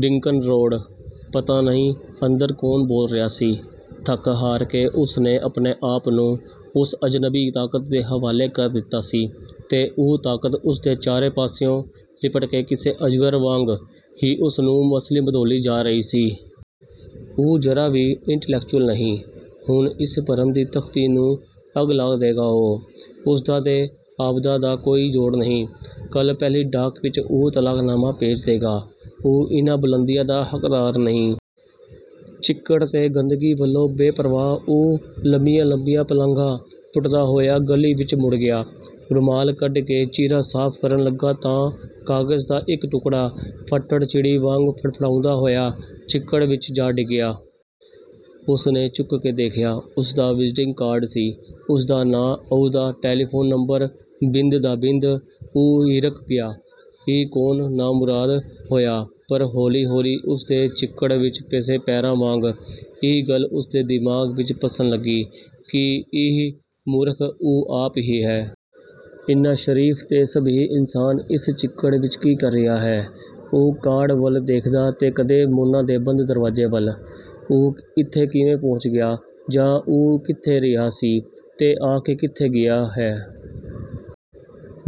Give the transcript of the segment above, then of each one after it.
ਡਿੰਕਨ Road. ਪਤਾ ਨਹੀਂ ਅੰਦਰ ਕੌਣ ਬੋਲ ਰਿਹਾ ਸੀ! ਥੱਕ-ਹਾਰ ਕੇ ਉਸਨੇ ਆਪਣੇ ਆਪ ਨੂੰ ਉਸ ਅਜਨਬੀ ਤਾਕਤ ਦੇ ਹਵਾਲੇ ਕਰ ਦਿੱਤਾ ਸੀ ਤੇ ਉਹ ਤਾਕਤ ਉਸਦੇ ਚਾਰੇ ਪਾਸਿਓਂ ਲਿਪਟ ਕੇ ਕਿਸੇ ਅਜਗਰ ਵਾਂਗ ਹੀ ਉਸਨੂੰ ਮਸਲੀ-ਮਧੋਲੀ ਜਾ ਰਹੀ ਸੀ। ਉਹ ਜ਼ਰਾ ਵੀ 'ਇੰਟਲੈਕਚੁਅਲ' ਨਹੀਂ, ਹੁਣ ਇਸ ਭਰਮ ਦੀ ਤਖ਼ਤੀ ਨੂੰ ਅੱਗ ਲਾ ਦੇਗਾ ਉਹ। ਉਸਦਾ ਤੇ ਆਬਿਦਾ ਦਾ ਕੋਈ ਜੋੜ ਨਹੀਂ। ਕੱਲ੍ਹ ਪਹਿਲੀ ਡਾਕ ਵਿੱਚ ਉਹ ਤਲਾਕਨਾਮਾ ਭੇਜ ਦੇਗਾ। ਉਹ ਇਹਨਾਂ ਬੁਲੰਦੀਆਂ ਦਾ ਹੱਕਦਾਰ ਨਹੀਂ। ਚਿੱਕੜ ਤੇ ਗੰਦਗੀ ਵੱਲੋਂ ਬੇਪ੍ਰਵਾਹ ਉਹ ਲੰਮੀਆਂ-ਲੰਮੀਆਂ ਪਲਾਂਘਾਂ ਪੁੱਟਦਾ ਹੋਇਆ ਗਲੀ ਵਿੱਚ ਮੁੜ ਗਿਆ। ਰੁਮਾਲ ਕੱਢ ਕੇ ਚਿਹਰਾ ਸਾਫ਼ ਕਰਨ ਲੱਗਾ ਤਾਂ ਕਾਗਜ਼ ਦਾ ਇੱਕ ਟੁਕੜਾ ਫੱਟੜ-ਚਿੜੀ ਵਾਂਗ ਫੜਫੜਾਉਂਦਾ ਹੋਇਆ ਚਿੱਕੜ ਵਿੱਚ ਜਾ ਡਿੱਗਿਆ। ਉਸਨੇ ਚੁੱਕ ਕੇ ਦੇਖਿਆ, ਉਸਦਾ ਵਿਜ਼ਿਟਿੰਗ ਕਾਰਡ ਸੀ। ਉਸਦਾ ਨਾਂ, ਅਹੁਦਾ, ਟੈਲੀਫ਼ੋਨ ਨੰਬਰ, ਬਿੰਦ ਦਾ ਬਿੰਦ। ਉਹ ਹਿਰਖ ਗਿਆ, 'ਇਹ ਕੌਣ ਨਾਮੁਰਾਦ ਹੋਇਆ?' ਪਰ ਹੌਲੀ-ਹੌਲੀ ਉਸਦੇ ਚਿੱਕੜ ਵਿੱਚ ਧਸੇ ਪੈਰਾਂ ਵਾਂਗ ਇਹ ਗੱਲ ਉਸਦੇ ਦਿਮਾਗ਼ ਵਿੱਚ ਧਸਣ ਲੱਗੀ ਕਿ ਇਹ ਮੂਰਖ ਉਹ ਆਪ ਹੀ ਹੈ। ਇੰਨਾ ਸ਼ਰੀਫ਼ ਤੇ ਸੱਭਿਅ ਇਨਸਾਨ ਇਸ ਚਿੱਕੜ ਵਿੱਚ ਕੀ ਕਰ ਰਿਹਾ ਹੈ? ਉਹ ਕਾਰਡ ਵੱਲ ਦੇਖਦਾ ਤੇ ਕਦੇ ਮੋਨਾ ਦੇ ਬੰਦ ਦਰਵਾਜ਼ੇ ਵੱਲ। ਉਹ ਇੱਥੇ ਕਿਵੇਂ ਪਹੁੰਚ ਗਿਆ? ਜਾਂ ਉਹ ਕਿੱਥੇ ਰਿਹਾ ਸੀ, ਤੇ ਆ ਕੇ ਕਿੱਥੇ ਗਿਆ ਹੈ?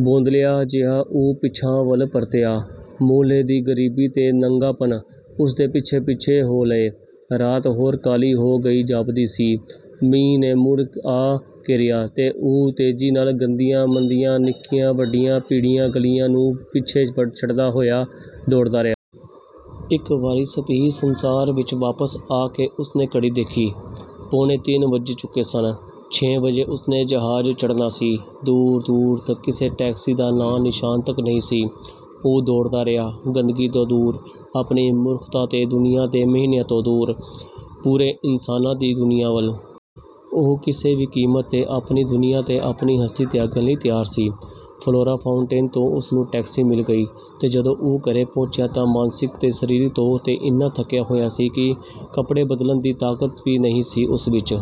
ਬੌਂਦਲਿਆ ਜਿਹਾ ਉਹ ਪਿਛਾਂਹ ਵੱਲ ਪਰਤਿਆ, ਮੁਹੱਲੇ ਦੀ ਗਰੀਬੀ ਤੇ ਨੰਗਾਪਣ ਉਸਦੇ ਪਿੱਛੇ-ਪਿੱਛੇ ਹੋ ਲਏ। ਰਾਤ, ਹੋਰ ਕਾਲੀ ਹੋ ਗਈ ਜਾਪਦੀ ਸੀ। ਮੀਂਹ ਨੇ ਮੁੜ ਆ ਘੇਰਿਆ ਤੇ ਉਹ ਤੇਜ਼ੀ ਨਾਲ ਗੰਦੀਆਂ-ਮੰਦੀਆਂ, ਨਿੱਕੀਆਂ-ਵੱਡੀਆਂ, ਭੀੜੀਆਂ ਗਲੀਆਂ ਨੂੰ ਪਿੱਛੇ ਛੱਡਦਾ ਹੋਇਆ ਦੌੜਦਾ ਰਿਹਾ। ਇੱਕ ਵਾਰੀ ਸੱਭਿਅ ਸੰਸਾਰ ਵਿੱਚ ਵਾਪਸ ਆ ਕੇ ਉਸਨੇ ਘੜੀ ਦੇਖੀ, ਪੌਣੇ ਤਿੰਨ ਵੱਜ ਚੁੱਕੇ ਸਨ, ਛੇ ਵਜੇ ਉਸਨੇ ਜਹਾਜ਼ ਚੜ੍ਹਨਾ ਸੀ। ਦੂਰ-ਦੂਰ ਤੱਕ ਕਿਸੇ ਟੈਕਸੀ ਦਾ ਨਾਂ-ਨਿਸ਼ਾਨ ਤੱਕ ਨਹੀਂ ਸੀ। ਉਹ ਦੌੜਦਾ ਰਿਹਾ, ਗੰਦਗੀ ਤੋਂ ਦੂਰ, ਆਪਣੀ ਮੂਰਖਤਾ ਤੇ ਦੁਨੀਆਂ ਦੇ ਮਿਹਣਿਆਂ ਤੋਂ ਦੂਰ, ਪੂਰੇ ਇਨਸਾਨਾਂ ਦੀ ਦੁਨੀਆਂ ਵੱਲ। ਉਹ ਕਿਸੇ ਵੀ ਕੀਮਤ 'ਤੇ ਆਪਣੀ ਦੁਨੀਆਂ ਤੇ ਆਪਣੀ ਹਸਤੀ ਤਿਆਗਣ ਲਈ ਤਿਆਰ ਸੀ। ਫਲੋਰਾ ਫਾਊਂਟੈਨ ਤੋਂ ਉਸਨੂੰ ਟੈਕਸੀ ਮਿਲ ਗਈ ਤੇ ਜਦੋਂ ਉਹ ਘਰੇ ਪਹੁੰਚਿਆ ਤਾਂ ਮਾਨਸਿਕ ਤੇ ਸਰੀਰਕ ਤੌਰ 'ਤੇ ਇੰਨਾ ਥੱਕਿਆ ਹੋਇਆ ਸੀ ਕਿ ਕੱਪੜੇ ਬਦਲਣ ਦੀ ਤਾਕਤ ਵੀ ਨਹੀਂ ਸੀ ਉਸ ਵਿੱਚ।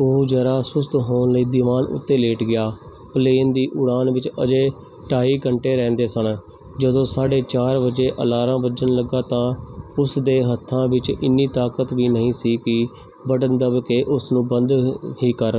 ਉਹ ਜ਼ਰਾ ਸੁਸਤ ਹੋਣ ਲਈ ਦੀਵਾਨ ਉੱਤੇ ਲੇਟ ਗਿਆ, ਪਲੇਨ ਦੀ ਉਡਾਨ ਵਿੱਚ ਅਜੇ ਢਾਈ ਘੰਟੇ ਰਹਿੰਦੇ ਸਨ। ਜਦੋਂ ਸਾਢੇ ਚਾਰ ਵਜੇ ਅਲਾਰਮ ਵੱਜਣ ਲੱਗਾ ਤਾਂ ਉਸਦੇ ਹੱਥਾਂ ਵਿੱਚ ਇੰਨੀ ਤਾਕਤ ਵੀ ਨਹੀਂ ਸੀ ਕਿ ਬਟਨ ਦੱਬ ਕੇ ਉਸਨੂੰ ਬੰਦ ਹੀ ਕਰ